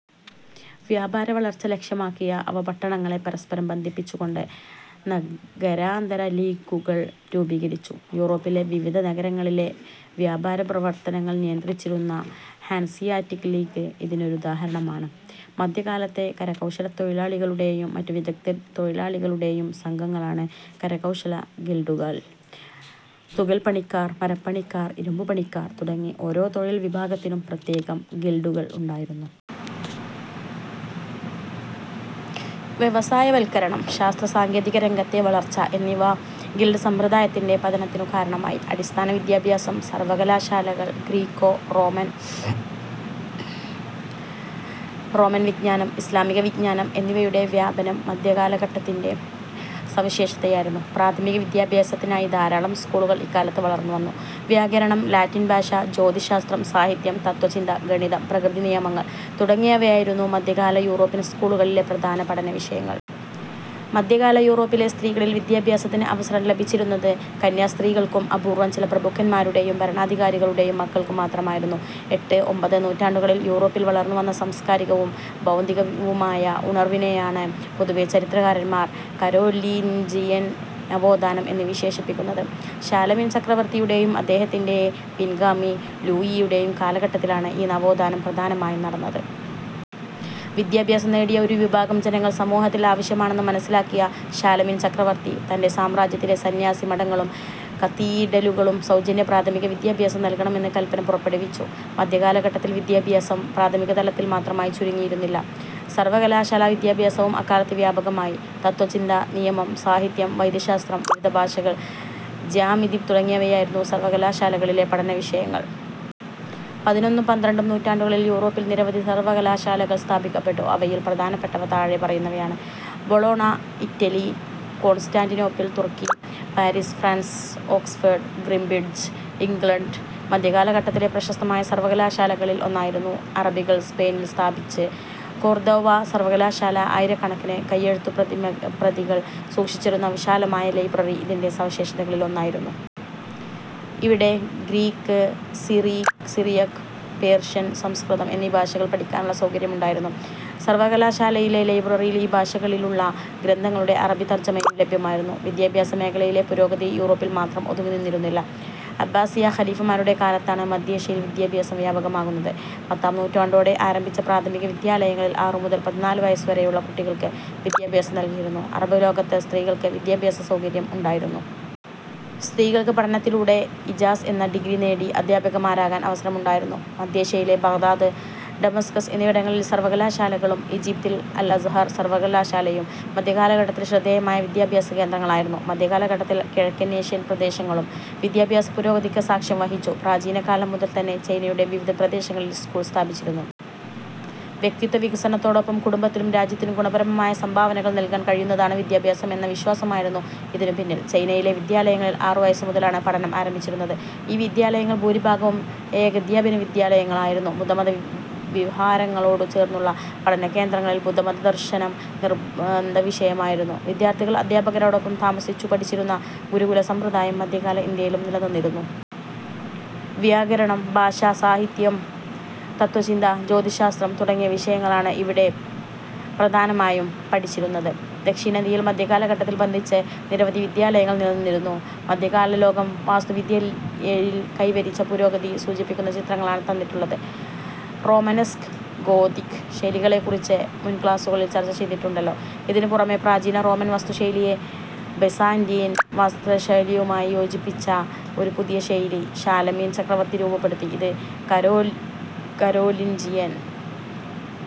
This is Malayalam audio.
വ്യാപാര വളർച്ച ലക്ഷ്യമാക്കിയ അവ പട്ടണങ്ങളെ പരസ്പരം ബന്ധിപ്പിച്ചുകൊണ്ട് നഗരാന്തര ലീഗുകൾ രൂപീകരിച്ചു. യൂറോപ്പിലെ വിവിധ നഗരങ്ങളിലെ വ്യാപാരപ്രവർത്തനങ്ങൾ നിയന്ത്രിച്ചിരുന്ന ഹാൻസിയാറ്റിക് ലീഗ് ഇതിനൊരുദാഹരണമാണ്. മധ്യകാലത്തെ കരകൗശലത്തൊഴിലാളികളുടെയും മറ്റു വിദഗ്ധതൊഴിലാളികളുടെയും സംഘങ്ങളാണ് കരകൗശല ഗിൽഡുകൾ. തുകൽപ്പണിക്കാർ, മരപ്പണിക്കാർ, ഇരുമ്പുപണിക്കാർ തുടങ്ങി ഓരോ തൊഴിൽ വിഭാഗത്തിനും പ്രത്യേകം ഗിൽഡുകൾ ഉണ്ടായിരുന്നു. വ്യവസായവൽക്കരണം, ശാസ്ത്ര-സാങ്കേതികരംഗത്തെ വളർച്ച എന്നിവ ഗിൽഡ് സമ്പ്രദായത്തിന്റെ പതനത്തിനു കാരണമായി. അടിസ്ഥാന വിദ്യാഭ്യാസം, സർവകലാശാലകൾ, ഗ്രീക്കോ-റോമൻ വിജ്ഞാനം, ഇസ്ലാമികവിജ്ഞാനം എന്നിവയുടെ വ്യാപനം മധ്യകാലഘട്ടത്തിന്റെ സവിശേഷതയായിരുന്നു. പ്രാഥമിക വിദ്യാഭ്യാസത്തിനായി ധാരാളം സ്കൂളുകൾ ഇക്കാലത്ത് വളർന്നുവന്നു. വ്യാകരണം, ലാറ്റിൻ ഭാഷ, ജ്യോതിശ്ശാസ്ത്രം, സാഹിത്യം, തത്ത്വചിന്ത, ഗണിതം, പ്രകൃതിനിയമങ്ങൾ തുടങ്ങിയവയായിരുന്നു മധ്യകാല യൂറോപ്യൻ സ്കൂളുകളിലെ പ്രധാന പഠനവിഷയങ്ങൾ. മധ്യകാല യൂറോപ്പിലെ സ്ത്രീകളിൽ വിദ്യാഭ്യാസത്തിന് അവസരം ലഭിച്ചിരുന്നത് കന്യാസ്ത്രീകൾക്കും അപൂർവം ചില പ്രഭുക്കന്മാരുടെയും ഭരണാധികാരികളുടെയും മക്കൾക്കും മാത്രമായിരുന്നു. എട്ട്, ഒമ്പത് നൂറ്റാണ്ടുകളിൽ യൂറോപ്പിൽ വളർന്നു വന്ന സാംസ്കാരികവും ബൗദ്ധികവുമായ ഉണർവിനെയാണ് പൊതുവെ ചരിത്രകാരന്മാർ കരോലിൻജിയൻ നവോത്ഥാനം' എന്ന് വിശേഷിപ്പിക്കുന്നത്. ഷാലമീൻ ചക്രവർത്തിയുടെയും അദ്ദേഹത്തിന്റെ പിൻഗാമി ലൂയിയുടെയും കാലഘട്ടത്തിലാണ് ഈ നവോത്ഥാനം പ്രധാനമായും നടന്നത്. വിദ്യാഭ്യാസം നേടിയ ഒരു വിഭാഗം ജനങ്ങൾ സമൂഹത്തിൽ ആവശ്യമാണെന്ന് മനസിലാക്കിയ ഷാലമീൻ ചക്രവർത്തി തന്റെ സാമ്രാജ്യത്തിലെ സന്യാസി മഠങ്ങളും കത്തീഡലുകളും സൗജന്യ പ്രാഥമിക വിദ്യാഭ്യാസം നൽകണമെന്ന് കല്പന പുറപ്പെടുവിച്ചു. മധ്യകാലഘട്ടത്തിൽ വിദ്യാഭ്യാസം പ്രാഥമിക തലത്തിൽ മാത്രമായി ചുരുങ്ങിയിരുന്നില്ല. സർവകലാശാലാ വിദ്യാഭ്യാസവും അക്കാലത്ത് വ്യാപകമായി. തത്വചിന്ത, നിയമം, സാഹിത്യം, വൈദ്യശാസ്ത്രം, വിവിധ ഭാഷകൾ, ജ്യാമിതി തുടങ്ങിയവയായിരുന്നു സർവകലാശാലകളിലെ പഠന വിഷയങ്ങൾ. പതിനൊന്നും പന്ത്രണ്ടും നൂറ്റാണ്ടുകളിൽ യൂറോപ്പിൽ നിരവധി സർവകലാശാലകൾ സ്ഥാപിക്കപ്പെട്ടു. അവയിൽ പ്രധാനപ്പെട്ടവ താഴെ പറയുന്നവയാണ്. ബൊളോണ-ഇറ്റലി, കോൺസ്റ്റാന്റിനോപ്പിൾ തുർക്കി, Paris France, Oxford, Cambridge -England. മധ്യകാലഘട്ടത്തിലെ പ്രശസ്തമായ സർവകലാശാലകളിൽ ഒന്നായിരുന്നു അറബികൾ സ്പെയിനിൽ സ്ഥാപിച്ച് കൊർദോവ സർവകലാശാല. ആയിരക്കണക്കിന് കൈയെഴുത്തുപ്രതികൾ സൂക്ഷിച്ചിരുന്ന വിശാലമായ ലൈബ്രറി ഇതിന്റെ സവിശേഷതകളിലൊന്നായിരുന്നു. ഇവിടെ ഗ്രീക്ക്, സിറിയക്, പേർഷ്യൻ, സംസ്കൃതം എന്നീ ഭാഷകൾ പഠിക്കാനുള്ള സൗകര്യമുണ്ടായിരുന്നു. സർവകലാശാലയിലെ ലൈബ്രറിയിൽ ഈ ഭാഷകളിലുള്ള ഗ്രന്ഥങ്ങളുടെ അറബി തർജമയും ലഭ്യമായിരുന്നു. വിദ്യാഭ്യാസ മേഖലയിലെ പുരോഗതി യൂറോപ്പിൽ മാത്രം ഒതുങ്ങി നിന്നിരുന്നില്ല. അബ്ബാസിയാ ഖലീഫമാരുടെ കാലത്താണ് മധ്യേഷ്യയിൽ വിദ്യാഭ്യാസം വ്യാപകമാകുന്നത്. പത്താം നൂറ്റാണ്ടോടെ ആരംഭിച്ച പ്രാഥമിക വിദ്യാലയങ്ങളിൽ ആറുമുതൽ പതിനാലു വയസ്സുവരെയുള്ള കുട്ടികൾക്ക് വിദ്യാഭ്യാസം നൽകിയിരുന്നു അറബി ലോകത്ത് സ്ത്രീകൾക്ക് വിദ്യാഭ്യാസസൗകര്യം ഉണ്ടായിരുന്നു. സ്ത്രീകൾക്ക് പഠനത്തിലൂടെ ഇജാസ് എന്ന ഡിഗ്രി നേടി അധ്യാപികമാരാകാൻ അവസരമുണ്ടായിരുന്നു. മധ്യേഷ്യയിലെ ബാഗ്ദാദ്, ദമാസ്കസ് എന്നിവിടങ്ങളിലെ സർവകലാശാലകളും ഈജിപ്തിലെ അൽ അസ്ഹർ സർവകലാശാലയും മധ്യകാലഘട്ടത്തിലെ ശ്രദ്ധേയമായ വിദ്യാഭ്യാസകേന്ദ്രങ്ങളായിരുന്നു. മധ്യകാലഘട്ടത്തിൽ കിഴക്കനേഷ്യൻ പ്രദേശങ്ങളും വിദ്യാഭ്യാസപുരോഗതിക്ക് സാക്ഷ്യം വഹിച്ചു. പ്രാചീനകാലം മുതൽ തന്നെ ചൈനയുടെ വിവിധ പ്രദേശങ്ങളിൽ സ്കൂളുകൾ സ്ഥാപിച്ചിരുന്നു. വ്യക്തിത്വ വികാസത്തോടൊപ്പം കുടുംബത്തിനും രാജ്യത്തിനും ഗുണപരമായ സംഭാവനകൾ നൽകാൻ കഴിയുന്നതാണ് വിദ്യാഭ്യാസം എന്ന വിശ്വാസമായിരുന്നു ഇതിനു പിന്നിൽ. ചൈനയിലെ വിദ്യാലയങ്ങളിൽ ആറുവയസ്സുമുതലാണ് പഠനം ആരംഭിച്ചിരുന്നത്. ഈ വിദ്യാലയങ്ങൾ ഭൂരിഭാഗവും ഏകാധ്യാപക വിദ്യാലയങ്ങളായിരുന്നു. ബുദ്ധമതവിഹാരങ്ങളോടു ചേർന്നുള്ള പഠനകേന്ദ്രങ്ങളിൽ ബുദ്ധമത ദർശനം നിർബന്ധവിഷയമായിരുന്നു. വിദ്യാർഥികൾ അധ്യാപകരോടൊപ്പം താമസിച്ചു പഠിച്ചിരുന്ന ഗുരുകുലസമ്പ്രദായം മധ്യകാല ഇന്ത്യയിലും നിലനിന്നിരുന്നു. വ്യാകരണം, ഭാഷ, സാഹിത്യം, തത്ത്വചിന്ത, ജ്യോതിശ്ശാസ്ത്രം തുടങ്ങിയ വിഷയങ്ങളാണ് ഇവിടെ പ്രധാനമായും പഠിപ്പിച്ചിരുന്നത്. ദക്ഷിണേന്ത്യയിൽ മധ്യകാലഘട്ടത്തിൽ ബന്ധിച്ച് നിരവധി വിദ്യാലയങ്ങൾ നിലനിന്നിരുന്നു. മധ്യകാലലോകം വാസ്തുവിദ്യയിൽ കൈവരിച്ച പുരോഗതി സൂചിപ്പിക്കുന്ന ചിത്രങ്ങളാണ് തന്നിട്ടുള്ളത്. റോമനസ്ക്, ഗോഥിക് ശൈലികളെക്കുറിച്ച് മുൻ ക്ലാസുകളിൽ ചർച്ചചെയ്തിട്ടുണ്ടല്ലോ. ഇതിനു പുറമെ പ്രാചീന റോമൻ വാസ്തുശൈലിയെ ബൈസാന്റയിൻ വാസ്തുശൈലിയുമായി യോജിപ്പിച്ച ഒരു പുതിയ ശൈലി ഷാലമീൻ ചക്രവർത്തി രൂപപ്പെടുത്തി. ഇത് കരോലിൻജിയൻ